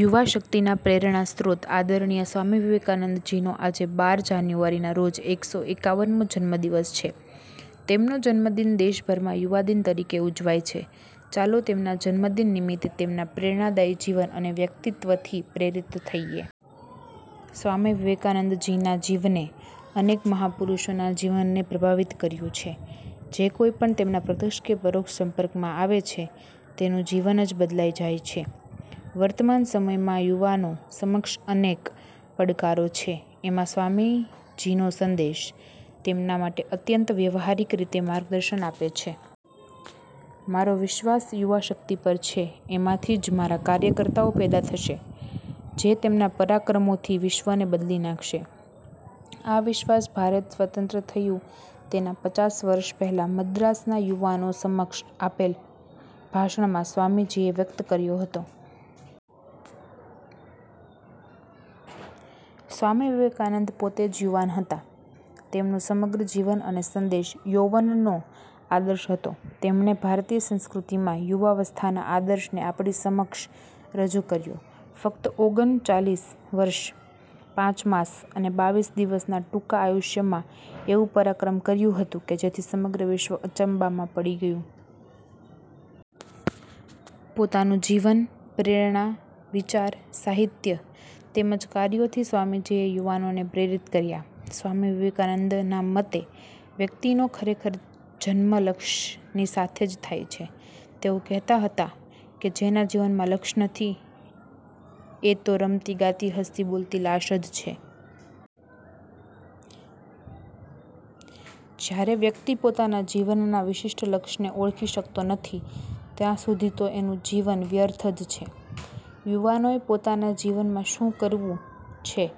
યુવાશક્તિના પ્રેરણાસ્રોત આદરણીય સ્વામી વિવેકાનંદજીનો આજે બાર જાન્યુઆરીના રોજ એક સો એકાવન મો જન્મદિન છે. તેમનો જન્મદિન દેશભરમાં 'યુવાદિન' તરીકે ઉજવાય છે. ચાલો, તેમના જન્મદિન નિમિત્તે તેમના પ્રેરણાદાયી જીવન અને વ્યક્તિત્ત્વથી પ્રેરિત થઈએ. સ્વામી વિવેકાનંદજીના જીવને અનેક મહાપુરુષોના જીવનને પ્રભાવિત કર્યું છે. જે કોઈપણ તેમના પ્રત્યક્ષ કે પરોક્ષ સંપર્કમાં આવે છે તેનું જીવન જ બદલાઈ જાય છે. વર્તમાન સમયમાં યુવાનો સમક્ષ અનેક પડકારો છે, એમાં સ્વામીજીનો સંદેશ તેમના માટે અત્યંત વ્યવહારિક રીતે માર્ગદર્શન આપે છે. "મારો વિશ્વાસ યુવાશક્તિ પર છે. એમાંથી જ મારા કાર્યકર્તાઓ પેદા થશે, જે તેમના પરાક્રમોથી વિશ્વને બદલી નાખશે. આ વિશ્વાસ ભારત સ્વતંત્ર થયું તેનાં પચાસ વર્ષ પહેલાં મદ્રાસના યુવાનો સમક્ષ આપેલ ભાષણમાં સ્વામીજીએ વ્યકત કર્યો હતો. સ્વામી વિવેકાનંદ પોતે જ યુવાન હતા. તેમનું સમગ્ર જીવન અને સંદેશ યૌવનનો આદર્શ હતો. તેમણે ભારતીય સંસ્કૃતિમાં યુવાવસ્થાના આદર્શને આપણી સમક્ષ રજૂ કર્યો. ફકત ઓગન ચાલીસ વર્ષ, પાંચ માસ અને બાવીસ દિવસના ટૂંકા આયુષ્યમાં એવું પરાક્રમ કર્યું હતું કે, જેથી સમગ્ર વિશ્વ અચંબામાં પડી ગયું. પોતાનું જીવન, પ્રેરણા, વિચાર, સાહિત્ય તેમજ કાર્યોથી સ્વામીજીએ યુવાનોને પ્રેરિત કર્યા. સ્વામી વિવેકાનંદના મતે વ્યકિતનો ખરેખર જન્મ લક્ષની સાથે જ થાય છે. તેઓ કહેતા હતા કે, ''જેના જીવનમાં લક્ષ નથી એ તો રમતીગાતી, હસતીબોલતી લાશ જ છે.'' જયારે વ્યકિત પોતાના જીવનના વિશિષ્ટ લક્ષને ઓળખી શકતો નથી ત્યાં સુધી તો એનું જીવન વ્યર્થ જ છે. યુવાનોએ પોતાના જીવનમાં શું કરવું છે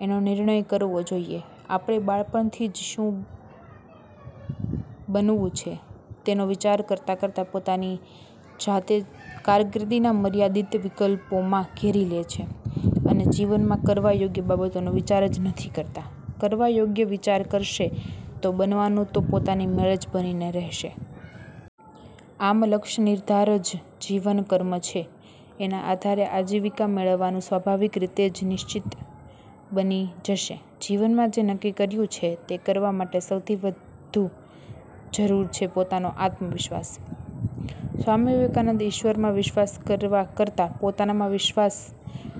એનો નિર્ણય કરવો જોઈએ. આપણે બાળપણથી જ શું બનવું છે તેનો વિચાર કરતાં કરતાં પોતાની જાતે કારકિર્દીના મર્યાદિત વિકલ્પોમાં ઘેરી લે છે અને જીવનમાં કરવા યોગ્ય બાબતોનો વિચાર જ નથી કરતા, કરવા યોગ્ય વિચાર કરશે તો બનવાનું તો પોતાની મેળે જ બનીને રહેશે. આમ, લક્ષ નિર્ધાર જ જીવન કર્મ છે. એના આધારે આજીવિકા મેળવવાનું સ્વાભાવિક રીતે જ નિશ્વિત બની જશે. જીવનમાં જે નક્કી કર્યું છે તે કરવા માટે સૌથી વધુ જરૂર છે પોતાનો આત્મવિશ્વાસ. સ્વામી વિવેકાનંદ ઈશ્વરમાં વિશ્વાસ કરવા કરતાં પોતાનામાં વિશ્વાસ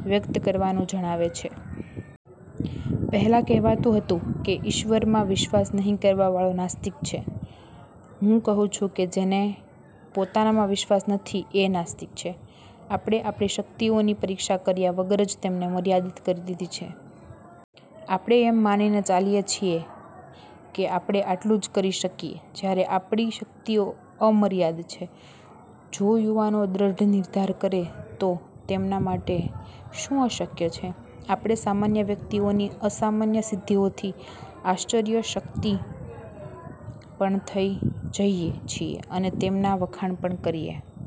વ્યકત કરવાનું જણાવે છે. "પહેલાં કહેવાતું હતું કે, ઈશ્વરમાં વિશ્વાસ નહિ કરવાવાળો નાસ્તિક છે. હું કહું છું કે, જેને પોતાનામાં વિશ્વાસ નથી એ નાસ્તિક છે. " આપણે આપણી શકિતઓની પરીક્ષા કર્યા વગર જ તેને મર્યાદિત કરી દીધી છે. આપણે એમ માનીને ચાલીએ છીએ કે આપણે આટલુ જ કરી શકીએ, જયારે આપણી શકિતઓ અમર્યાદ છે. જો યુવાનો દ્રઢ નિર્ધાર કરે તો તેમના માટે શું અશકય છે? આપણે સામાન્ય વ્યકિતઓની અસામાન્ય સિદ્ધિઓથી આશ્ચર્યશકિત પણ થઈ જઈએ છીએ અને તેમનાં વખાણ પણ કરીએ